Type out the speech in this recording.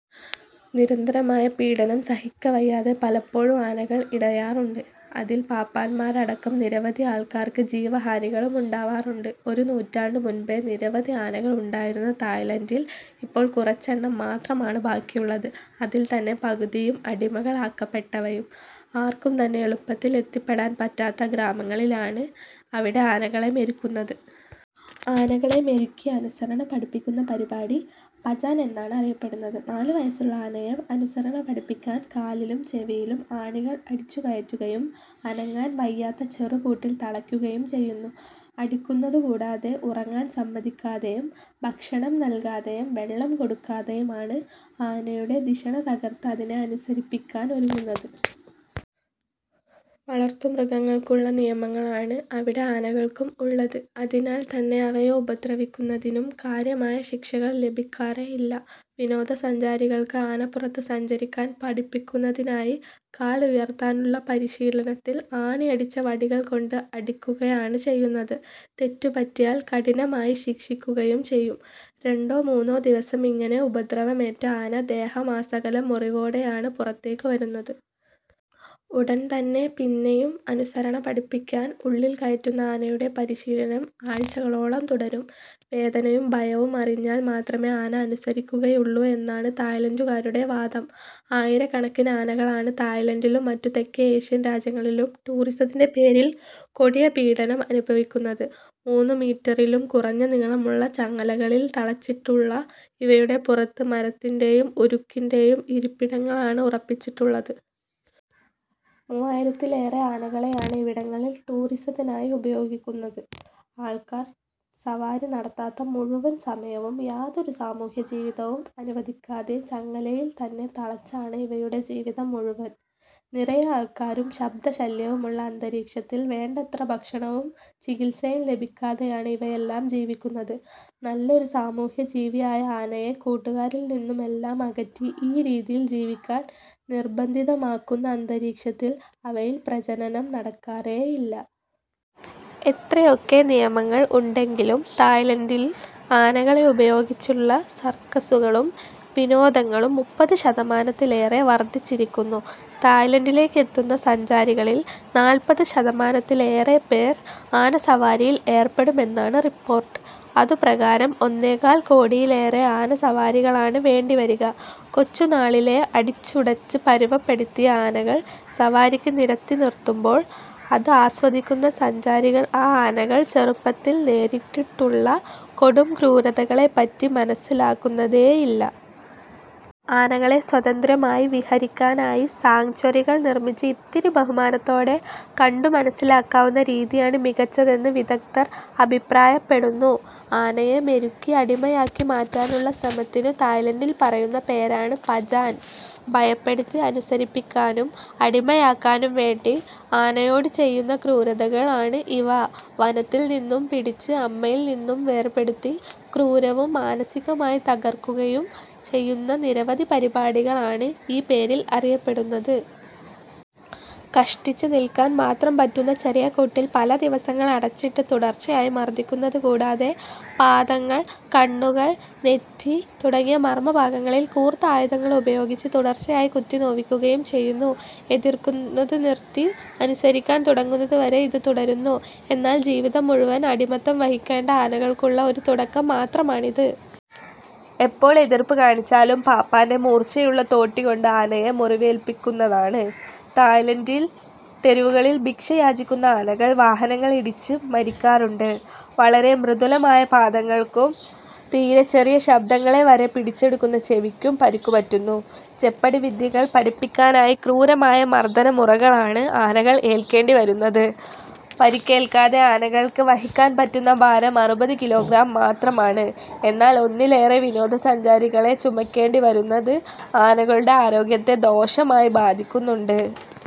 നിരന്തരമായ പീഡനം സഹിക്കവയ്യാതെ പലപ്പോഴും ആനകൾ ഇടയാറുണ്ട്, അതിൽ പാപ്പാന്മാരടക്കം നിരവധി ആൾക്കാർക്ക് ജീവഹാനികളും ഉണ്ടാവാറുണ്ട്. ഒരു നൂറ്റാണ്ടു മുൻപേ നിരവധി ആനകൾ ഉണ്ടായിരുന്ന തായിലൻ്റിൽ ഇപ്പോൾ കുറച്ച് എണ്ണം മാത്രമാണ് ബാക്കിയുള്ളത്, അതിൽ തന്നെ പകുതിയും അടിമകൾ ആക്കപ്പെട്ടവയും. ആർക്കും തന്നെ എളുപ്പത്തിൽ എത്തിപ്പെടാൻ പറ്റാത്ത ഗ്രാമങ്ങളിൽ ആണ് അവിടെ ആനകളെ മെരുക്കുന്നത്. ആനകളെ മെരുക്കി അനുസരണ പഠിപ്പിക്കുന്ന പരിപാടി പജാൻ എന്നാണ് അറിയപ്പെടുന്നത്. നാലു വയസ്സുള്ള ആനയെ അനുസരണ പഠിപ്പിക്കാൻ കാലിലും ചെവിയിലും ആണികൾ അടിച്ചുകയറ്റുകയും അനങ്ങാൻ വയ്യാത്ത ചെറുകൂട്ടിൽ തളയ്ക്കുകയും ചെയ്യുന്നു. അടിക്കുന്നതു കൂടാതെ ഉറങ്ങാൻ സമ്മതിക്കാതെയും, ഭക്ഷണം നൽകാതെയും, വെള്ളം കൊടുക്കാതെയും ആണ് ആനയുടെ ധിഷണ തകർത്ത് അതിനെ അനുസരിപ്പിക്കാൻ ഒരുക്കുന്നത്. വളർത്തുമൃഗങ്ങൾക്ക് ഉള്ള നിയമങ്ങളാണ് അവിടെ ആനകൾക്കും ഉള്ളത്, അതിനാൽ തന്നെ അവയെ ഉപദ്രവിക്കുന്നതിനും കാര്യമായ ശിക്ഷകൾ ലഭിക്കാറേ ഇല്ല. വിനോദസഞ്ചാരികൾക്ക് ആനപ്പുറത്തു സഞ്ചരിക്കാൻ പഠിപ്പിക്കുന്നതിനായി കാൽ ഉയർത്താനുള്ള പരിശീലനത്തിൽ ആണി അടിച്ച വടികൾ കൊണ്ട് അടിക്കുകയാണ് ചെയ്യുന്നത്. തെറ്റു പറ്റിയാൽ കഠിനമായി ശിക്ഷിക്കുകയും ചെയ്യും. രണ്ടോ മൂന്നോ ദിവസം ഇങ്ങനെ ഉപദ്രവമേറ്റ ആന ദേഹമാസകലം മുറിവോടെയാണ് പുറത്തേക്ക് വരുന്നത്. ഉടൻ തന്നെ പിന്നെയും അനുസരണ പഠിപ്പിക്കാൻ ഉള്ളിൽ കയറ്റുന്ന ആനയുടെ പരിശീലനം ആഴ്ചകളോളം തുടരും. വേദനയും ഭയവും അറിഞ്ഞാൽ മാത്രമേ ആന അനുസരിക്കുകയുള്ളൂ എന്നാണ് തായിലൻ്റുകാരുടെ വാദം. ആയിരക്കണക്കിന് ആനകളാണ് തായിലൻ്റിലും മറ്റു തെക്കേ ഏഷ്യൻ രാജ്യങ്ങളിലും ടൂറിസത്തിൻ്റെ പേരിൽ കൊടിയപീഡനം അനുഭവിക്കുന്നത്. മൂന്നുമീറ്ററിലും കുറഞ്ഞ നീളമുള്ള ചങ്ങലകളിൽ തളച്ചിട്ടുള്ള ഇവയുടെ പുറത്ത് മരത്തിൻ്റെയും ഉരുക്കിൻ്റെയും ഇരിപ്പിടങ്ങളാണ് ഉറപ്പിച്ചിട്ടുള്ളത്. മൂവായിരത്തിലേറെ ആനകളെയാണ് ഇവിടങ്ങളിൽ ടൂറിസത്തിനായി ഉപയോഗിക്കുന്നത്. ആൾക്കാർ സവാരി നടത്താത്ത മുഴുവൻ സമയവും യാതൊരു സാമൂഹ്യജീവിതവും അനുവദിക്കാതെ ചങ്ങലയിൽ തന്നെ തളച്ചാണ് ഇവയുടെ ജീവിതം മുഴുവൻ. നിറയെ ആൾക്കാരും ശബ്ദശല്യവുമുള്ള അന്തരീക്ഷത്തിൽ വേണ്ടത്ര ഭക്ഷണവും ചികിത്സയും ലഭിക്കാതെയാണ് ഇവയെല്ലാം ജീവിക്കുന്നത്. നല്ലൊരു സാമൂഹ്യജീവിയായ ആനയെ കൂട്ടുകാരിൽ നിന്നുമെല്ലാം അകറ്റി ഈ രീതിയിൽ ജീവിക്കാൻ നിർബന്ധിതമാക്കുന്ന അന്തരീക്ഷത്തിൽ അവയിൽ പ്രജനനം നടക്കാറേയില്ല. എത്രയൊക്കെ നിയമങ്ങൾ ഉണ്ടെങ്കിലും തായിലൻ്റിൽ ആനകളെ ഉപയോഗിച്ചുള്ള സർക്കസ്സുകളും വിനോദങ്ങളും മുപ്പത് ശതമാനത്തിലേറെ വർദ്ധിച്ചിരിക്കുന്നു. തായിലൻ്റിലേക്കെത്തുന്ന സഞ്ചാരികളിൽ നാല്പത് ശതമാനത്തിലേറെപ്പേർ ആനസവാരിയിൽ ഏർപ്പെടുമെന്നാണ് റിപ്പോർട്ട്. അതുപ്രകാരം ഒന്നേകാൽ കോടിയിലേറെ ആനസവാരികളാണ് വേണ്ടിവരിക. കൊച്ചുനാളിലേ അടിച്ചുടച്ച് പരുവപ്പെടുത്തിയ ആനകൾ സവാരിക്ക് നിരത്തിനിർത്തുമ്പോൾ അത് ആസ്വദിക്കുന്ന സഞ്ചാരികൾ ആ ആനകൾ ചെറുപ്പത്തിൽ നേരിട്ടിട്ടുള്ള കൊടുംക്രൂരതകളെപ്പറ്റി മനസ്സിലാക്കുന്നതേയില്ല. ആനകളെ സ്വന്തന്ത്രമായി വിഹരിക്കാനായി സാങ്ച്വറികൾ നിർമ്മിച്ച് ഇത്തിരി ബഹുമാനത്തോടെ കണ്ടുമനസ്സിലാക്കാവുന്ന രീതിയാണ് മികച്ചതെന്ന് വിദഗ്ധ്ർ അഭിപ്രായപ്പെടുന്നു. ആനയെ മെരുക്കി അടിമയാക്കിമാറ്റാനുള്ള ശ്രമത്തിനു തായിലൻ്റിൽ പറയുന്ന പേരാണ് പജാൻ. ഭയപ്പെടുത്തി അനുസരിപ്പിക്കാനും അടിമയാക്കാനും വേണ്ടി ആനയോടു ചെയ്യുന്ന ക്രൂരതകൾ ആണ് ഇവ. വനത്തിൽ നിന്നും പിടിച്ച് അമ്മയിൽ നിന്നും വേർപേടുത്തി ക്രൂരവും മാനസികമായി തകർക്കുകയും ചെയ്യുന്ന നിരവധി പരിപാടികൾ ആണ് ഈ പേരിൽ അറിയപ്പെടുന്നത്. കഷ്ടിച്ച് നിൽക്കാൻ മാത്രം പറ്റുന്ന ചെറിയ കൂട്ടിൽ പല ദിവസങ്ങൾ അടച്ചിട്ട് തുടർച്ചയായി മർദ്ദിക്കുന്നതു കൂടാതെ പാദങ്ങൾ, കണ്ണുകൾ, നെറ്റി തുടങ്ങിയ മർമ്മ ഭാഗങ്ങളിൽ കൂർത്ത ആയുധങ്ങൾ ഉപയോഗിച്ച് തുടർച്ചയായി കുത്തിനോവിക്കുകയും ചെയ്യുന്നു. എതിർക്കുന്നതു നിർത്തി അനുസരിക്കാൻ തുടങ്ങുന്നതുവരെ ഇത് തുടരുന്നു. എന്നാൽ ജീവിതം മുഴുവൻ അടിമത്തം വഹിക്കേണ്ട ആനകൾക്കുള്ള ഒരു തുടക്കം മാത്രമാണിത്. എപ്പോൾ എതിർപ്പ് കാണിച്ചാലും പാപ്പാൻ്റെ മൂർച്ചയുള്ള തോട്ടികൊണ്ട് ആനയെ മുറിവേൽപ്പിക്കുന്നതാണ്. തായിലൻ്റിൽ തെരുവുകളിൽ ഭിക്ഷ യാചിക്കുന്ന ആനകൾ വാഹനങ്ങൾ ഇടിച്ച് മരിക്കാറുണ്ട്. വളരെ മൃദുലമായ പാദങ്ങൾക്കും തീരെച്ചെറിയ ശബ്ദങ്ങളെ വരെ പിടിച്ചെടുക്കുന്ന ചെവിക്കും പരിക്കുപറ്റുന്നു. ചെപ്പടിവിദ്യകൾ പഠിപ്പിക്കാനായി ക്രൂരമായ മർദ്ദനമുറകളാണ് ആനകൾ ഏൽക്കേണ്ടിവരുന്നത്. പരിക്കേൽക്കാതെ ആനകൾക്ക് വഹിക്കാൻ പറ്റുന്ന ഭാരം അറുപത് കിലോഗ്രാം മാത്രമാണ്, എന്നാൽ ഒന്നിലേറെ വിനോദസഞ്ചാരികളെ ചുമക്കേണ്ടിവരുന്നത് ആനകളുടെ ആരോഗ്യത്തെ ദോഷമായി ബാധിക്കുന്നുണ്ട്.